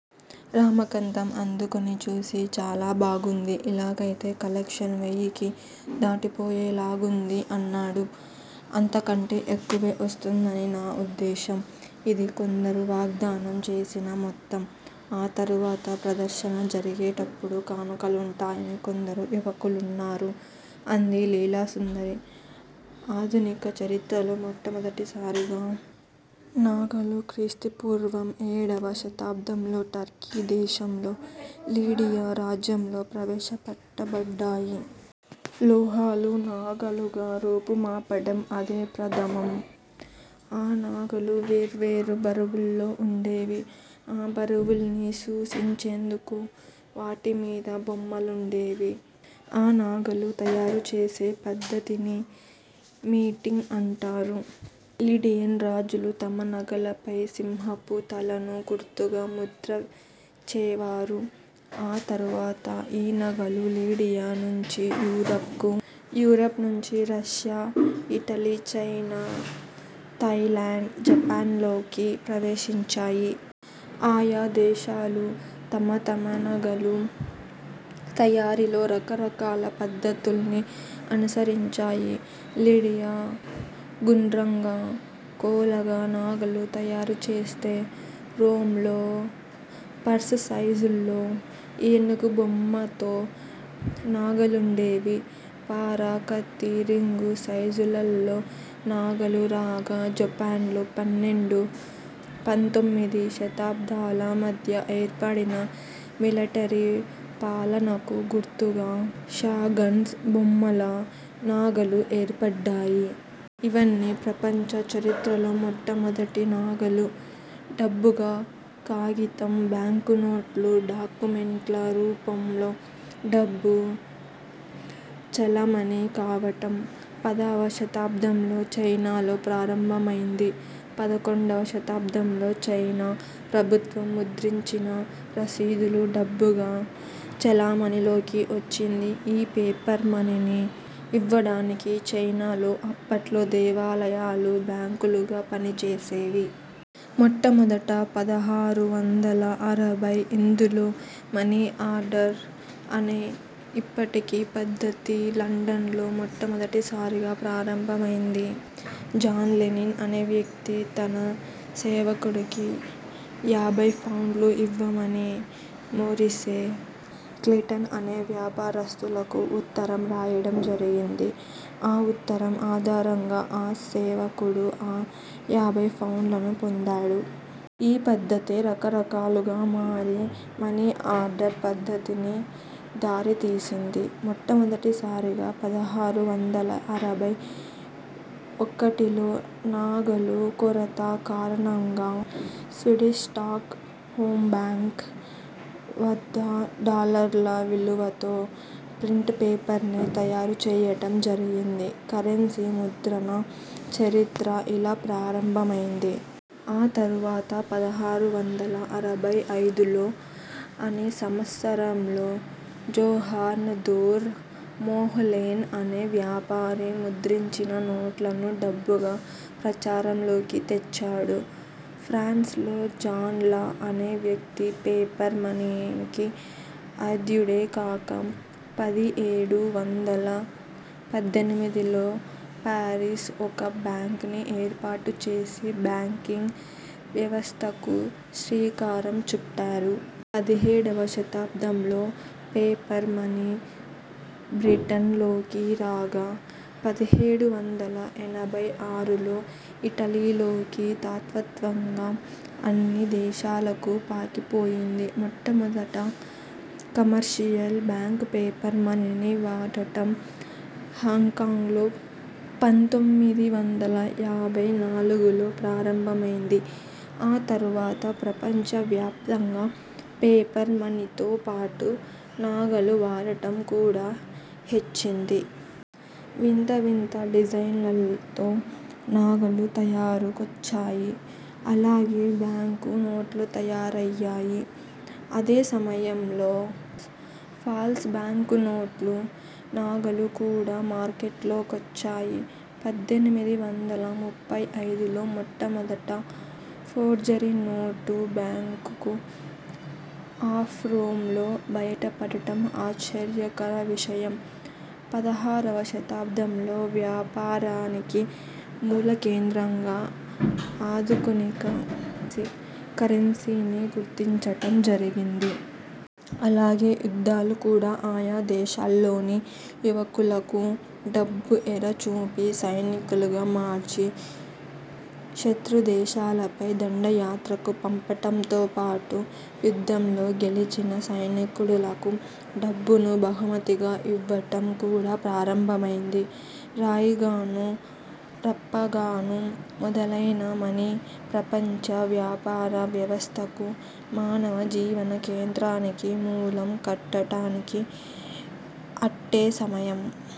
రామాకంతంఅందుకునిచూసి చాలా బాగుంది. ఇలాగయితే కలెక్షన్ వెయ్యికి దాటిపోయేలాగుంది అన్నాడు. అంతకంటే ఎక్కువే వస్తుందని నా ఉద్దేశ్యం. ఇది కొందరు వాగ్ధానం చేసిన మొత్తం. ఆ తరవాత ప్రదర్శన జరిగేటప్పుడు కానుకలుంటాయని కొందరు యువకులున్నారు అంది లీలాసుందరి. ఆధునిక చరిత్రలో మొట్టమొదటిసారిగా నాణాలు క్రీస్తుపూర్వం ఏడవ శతాబ్దంలో టర్కీ దేశంలో లిడియా రాజ్యంలో ప్రవేశపెట్టబడ్డాయి. లోహాలు, నాణాలుగా రూపుమాపడం అదే ప్రథమం. ఆ నాణాలు వేర్వేరు బరువుల్లో వుండేవి. ఆ బరువుల్ని సూచించేందుకు వాటిమీద బొమ్మలుండేవి. ఈ నాణాలు తయారుచేసే పద్ధతిని మీటింగ్ అంటారు. లిడియన్ రాజులు తమ నాణాలపై సింహపు తలను గుర్తుగా ముద్రించేవారు ఆ తర్వాత ఈ నాణాలు లిడియా నుంచి యూరప్ కు, యూరప్ నుంచి Russia, Italy, China, Thailand, Japan ల్లోకి ప్రవేశించాయి. ఆయా దేశాలు, తమ తమ నాణాల తయారీలో రకరకాల పద్ధతుల్ని అనుసరించాయి. లిడియా గుండ్రంగా, కోలగా నాణాలు తయారుచేస్తే, రోమ్ లో పర్స్ సైజులో ఏనుగుబొమ్మతో నాణాలుండేవి. పార, కత్తి, రింగు సైజులలో నాణాలు రాగా, జపాన్ లో పన్నెండు -పంతోమిది శతాబ్దాల మధ్య ఏర్పడిన మిలటరీ పాలనకు గుర్తుగా షోగన్స్ బొమ్మల నాగాలు, ఏర్పడ్డాయి. ఇవన్నీ ప్రపంచ చరిత్రలో మొట్టమొదటి నాణాలు. డబ్బుగా కాగితం బ్యాంకునోట్లు, డాక్యుమెంట్ల రూపంలో డబ్బు చలామణీ కావడం. పదవ శతాబ్దంలో చైనాలో ప్రారంభమైంది. పడుకొండవ శతాబ్దంలో చైనా ప్రభుత్వం ముద్రించిన రసీదులు డబ్బుగా చలామణీలోకి వచ్చింది. ఈ పేపర్ మనీని యివ్వడానికి చైనాలో అప్పట్లో దేవాలయాలు బ్యాంకులుగా పనిచేసేవి. మొట్టమొదట పదహారు వందల అరవై ఐదులో మని ఆర్డర్ అనే ఇప్పటి పద్ధతి లండన్ లో మొట్టమొదటిసారిగా ప్రారంభమైంది. జాన్ లెవీన్ అనే వ్యక్తి, తన సేవకుడికి యాభై పౌండ్లు ఇమ్మని మోరిసే క్లీటన్ అనే వ్యాపారస్తులకు ఉత్తరం రాయడం జరిగింది. ఆ ఉత్తరం ఆధారంగా ఆ సేవకుడు ఆ యాభై పౌండ్లనూ పొందాడు. ఈ పద్ధతే రకరకాలుగా మారి మని ఆర్డర్ పద్ధతిని దారి తీసింది. మొట్టమొదటిసారిగా పదహారు వందల అరవై ఒకటిలో నాణాల కొరత కారణంగా స్వీడిష్ స్టాక్ హోం బ్యాంక్ వంద డాలర్ల విలువతో ప్రింట్ పేపర్ ని తయారు చెయ్యడం జరిగింది. కరెన్సీ ముద్రణ చరిత్ర ఇలా ప్రారంభమైంది. ఆ తర్వాత పదహారు వందల అరవై ఐదులో అదే సంవత్సరంలో జోర్గాన్ ధోర్ మోహ్ లెన్ అనే వ్యాపారి ముద్రించిన నోట్లను డబ్బుగా ప్రచారంలోకి తెచ్చాడు. ఫ్రాన్స్ లో జాన్ లా అనే వ్యక్తి పేపర్ మనీకి ఆద్యుడే కాక, పది ఏడు వందల పద్దెనిమిదిలో పారిస్ ఒక బ్యాంక్ ని ఏర్పాటు చేసి, బ్యాంకింగ్ వ్యవస్థకు శ్రీకారం చుట్టాడు. పదిహేడువ శతాబ్దంలో పేపర్ మనీ బ్రిటన్ లోకి రాగా, పదిహేడు వందల ఎనభై ఆరులో ఇటలీలోకి, తర్వాత్తర్వాత అన్ని దేశాలకు పాకిపోయింది. మొట్టమొదట కమర్షియల్ బ్యాంక్స్ పేపర్ మనీని వాడడం హాంకాంగ్ లో పంతొమ్మిది వందల యాభై నాలుగులో ప్రారంభమైంది. ఆ తర్వాత ప్రపంచ వ్యాప్తంగా పేపర్ మనీతో పాటు నాణాల వాడకం కూడా హెచ్చింది. వింత వింత డిజైన్లతో, నాగాలు తయారు కాజొచ్చాయి. అలాగే బ్యాంకు నోట్లు తయారయ్యాయి. అదే సమయంలో ఫాల్స్ బ్యాంకునోట్లు, నాగాలు కూడా మార్కెట్లోకొచ్చాయి. పద్దెనిమిది వందల ముప్పై ఐదులో మొట్టమొదట forgery note bank of Rome లో బయటపడడం ఆశ్చర్యకర విషయం- పదహారువ శతాబ్దంలో వ్యాపారానికి మూలకేంద్రంగా ఆధుకూనిక కరెన్సీని గుర్తించడం జరిగింది. అలాగే యుద్ధాలు కూడా ఆయా దేశాల్లోని యువకులకు, డబ్బు ఎర చూపి, సైనికులుగా మార్చి శత్రుదేశాలపై దండయాత్రకు పంపడంతో పాటు, యుద్ధంలో గెలిచిన సైనికులకు డబ్బును బహుమతిగా ఇవ్వడం కూడా ప్రారంభమైంది. రాయిగానూ, రప్పగానూ మొదలైన మనీ, ప్రపంచ వ్యాపార వ్యవస్థకు, మానవ జీవన కేంద్రానికి మూలం కట్టడానికి అట్టే సమయం